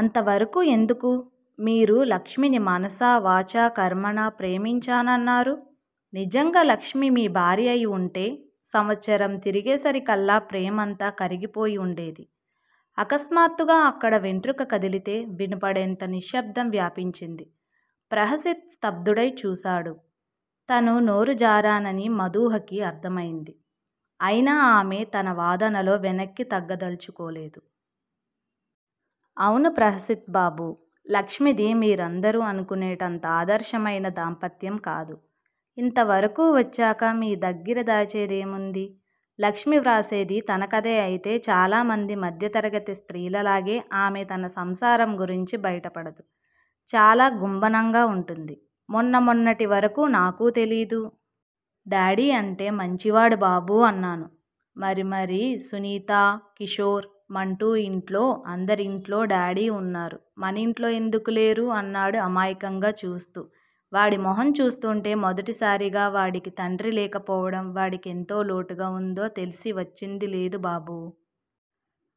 అంతవరకూ ఎందుకు? మీరు లక్ష్మిని మనసా వాచా కర్మణా ప్రేమించానన్నారు. నిజంగా లక్ష్మి మీభార్య అయివుంటే సంవత్సరం తిరిగేసరికల్లా ప్రేమంతా కరిగిపోయి వుండేది. ఆకస్మాత్తుగా అక్కడ వెంట్రుక కదిలితే వినపడేటంత నిశ్శబ్దం వ్యాపించింది. ప్రహసిత్ స్థబ్దుడై చూసాడు. తను నోరుజారానని మధూహకి అర్థమైంది. అయినా ఆమె తన వాదనలో వెనక్కీ తగ్గదల్చుకోలేదు. అవును ప్రహసిత్ బాబూ! లక్ష్మిది మీరందరూ అనుకునేటంత ఆదర్శమైన దాంపత్యం కాదు. ఇంతవరకూ వచ్చాక మీదగ్గిర దాచేదేముంది? లక్ష్మి వ్రాసేది తన కథే అయితే చాలామంది మధ్యతరగతి స్త్రీలలాగే ఆమె తన సంసారం గురించి బయటపడదు. చాలా గుంభనంగా వుంటుంది. మొన్నమొన్నటి వరకూ నాకూ తెలీదు. డాడి అంటే మంచివాడు బాబూ అన్నాను. మరి మరి సునీతా, కిశోర్, మంటూ ఇంట్లో, అందరింట్లో డాడి వున్నారు. మనింట్లో ఎందుకు లేరు అన్నాడు అమాయకంగా చూస్తూ. వాడి మొహం చూస్తుంటే మొదటిసారిగా వాడికి తండ్రి లేకపోవడం వాడి కెంతో లోటుగా వుందో తెల్సి వచ్చింది లేదు బాబూ!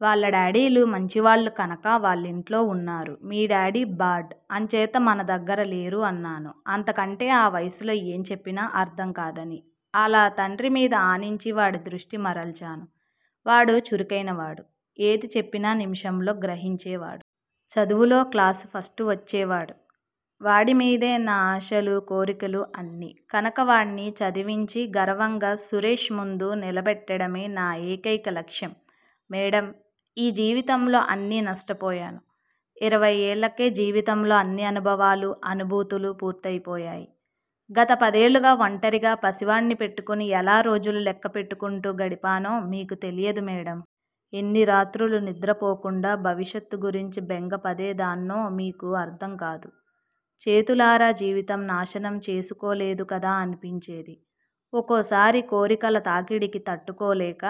వాళ్ళ డాడీలు మంచివాళ్ళు కనక వాళ్ళింట్లో వున్నారు, మీ డాడీ బాడ్, అంచేత మనదగ్గర లేరు అన్నాను అంతకంటే ఆ వయసులో ఏం చెప్పినా అర్ధం కాదని. అలా తండ్రి మీద ఆనించి వాడి దృష్టి మరల్చాను. వాడు చురుకైనవాడు. ఏది చెప్పినా నిమిషంలో గ్రహించేవాడు. చదువులో క్లాసు ఫస్టు వచ్చేవాడు. వాడిమీదే నా ఆశలు, కోరికలు అన్నీ, కనక వాడ్ని చదివించి గర్వంగా సురేష్ ముందు నిలబెట్టడమే నా ఏకైక లక్ష్యం. మేడమ్! ఈ జీవితంలో అన్నీ నష్టపోయాను. ఇరవై ఏళ్ళకే జీవితంలో అన్ని అనుభవాలు అనుభూతులు పూర్తయిపోయాయి. గత పదేళ్ళగా వంటరిగా పసివాడ్ని పెట్టుకుని ఎలా రోజులు లెక్కపెట్టుకుంటూ గడిపానో మీకు తెలియదు మేడమ్. ఎన్ని రాత్రులు నిద్రపోకుండా భవిష్యత్తు గురించి బెంగపదేదాన్నో మీకు అర్ధం కాదు. చేతులారా జీవితం నాశనం చేసుకోలేదు కదా అనిపించేది. ఒకోసారి కోరికల తాకిడికి తట్టుకోలేక.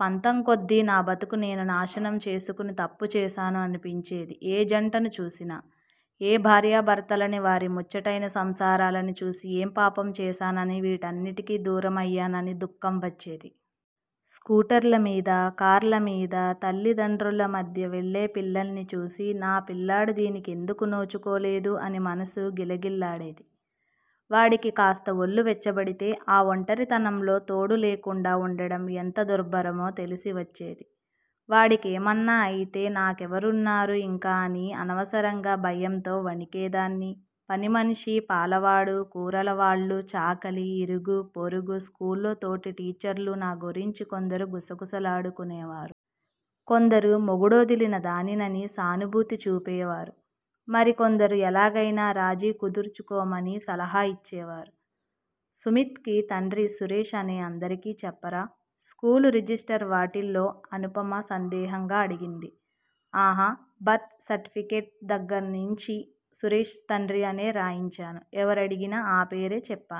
పంతంకొద్దీ నా బతుకు నేను నాశనం చేసుకుని తప్పు చేశాను అనిపించేది ఏ జంటను చూసినా. ఏ భార్యా భర్తలని వారి ముచ్చటైనా సంసారాలని చూసి ఏం పాపం చేశానని వీటన్నిటికి దూరమయ్యానని దుఃఖం వచ్చేది. స్కూటర్ల మీద, కార్లమీద తల్లితండ్రుల మధ్య వెళ్ళే పిల్లల్ని చూసి నా పిల్లాడు దీని కెందుకు నోచుకోలేదు అని మనసు గిలగిల్లాడేది. వాడికి కాస్త ఒళ్ళు వెచ్చబడితే ఆ ఒంటరితనంలో తోడులేకుండా ఉండడం ఎంత దుర్భరమో తెలిసివచ్చేది. వాడికేమన్నా అయితే నా కేవరున్నారు ఇంక అని అనవసరంగా భయంతో వణికేదాన్ని, పనిమనిషి, పాలవాడు, కూరలవాళ్ళు, చాకలి, ఇరుగుపొరుగు, స్కూల్లో తోటి టీచర్లు నా గురించి కొందరు గుసగుసలాడుకునే. కొందరు మొగుడోదిలినదానినని సానుభూతి చూపేవారు. మరికొందరు ఎలాగైనా రాజీ కుదుర్చుకోమని సలహా ఇచ్చేవారు. సుమిత్ కి తండ్రి సురేష్ అనే అందరికి చెప్పరా? స్కూలు రిజిస్టర్ వాటిల్లో అనుపమ సందేహంగా అడిగింది. ఆహా బర్త్ సర్టిఫికేట్ దగ్గరనించి సురేష్ తండ్రి అనే రాయించాను. ఎవరు అడిగినా ఆ పేరే చెప్పా.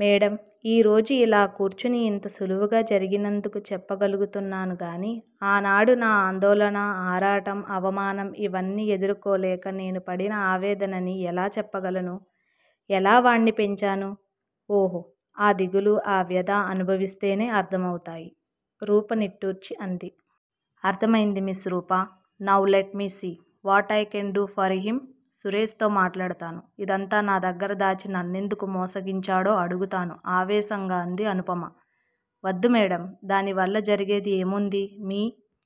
మేడమ్! ఈరోజు ఇలా కుర్చుని ఇంత సులువుగా జరిగినందుకు చెప్పగలుగుతున్నానుగానీ, ఆనాడు నా ఆందోళన, ఆరాటం అవమానం ఇవన్నీ ఎదుర్కోలేక నేను పడిన ఆవేదనని ఎలా చెప్పగలను. ఎలా వాడ్ని పెంచాను. ఓహ్! ఆ దిగులు, అవ్యద అనుభవిస్తేనే అర్ధం అవుతాయి. రూప నిట్టూర్చి అంది. అర్ధమైంది Miss Rupa! Now let me see, what I can do for him, Suresh తో మాట్లాడుతాను, ఇదంతా నా దగ్గర దాచి నన్నెందుకు మోసగించాడో అడుగుతాను ఆవేశంగా అంది అనుపమ. వద్దు మేడమ్! దానివల్ల జరిగేది ఏముంది. మీ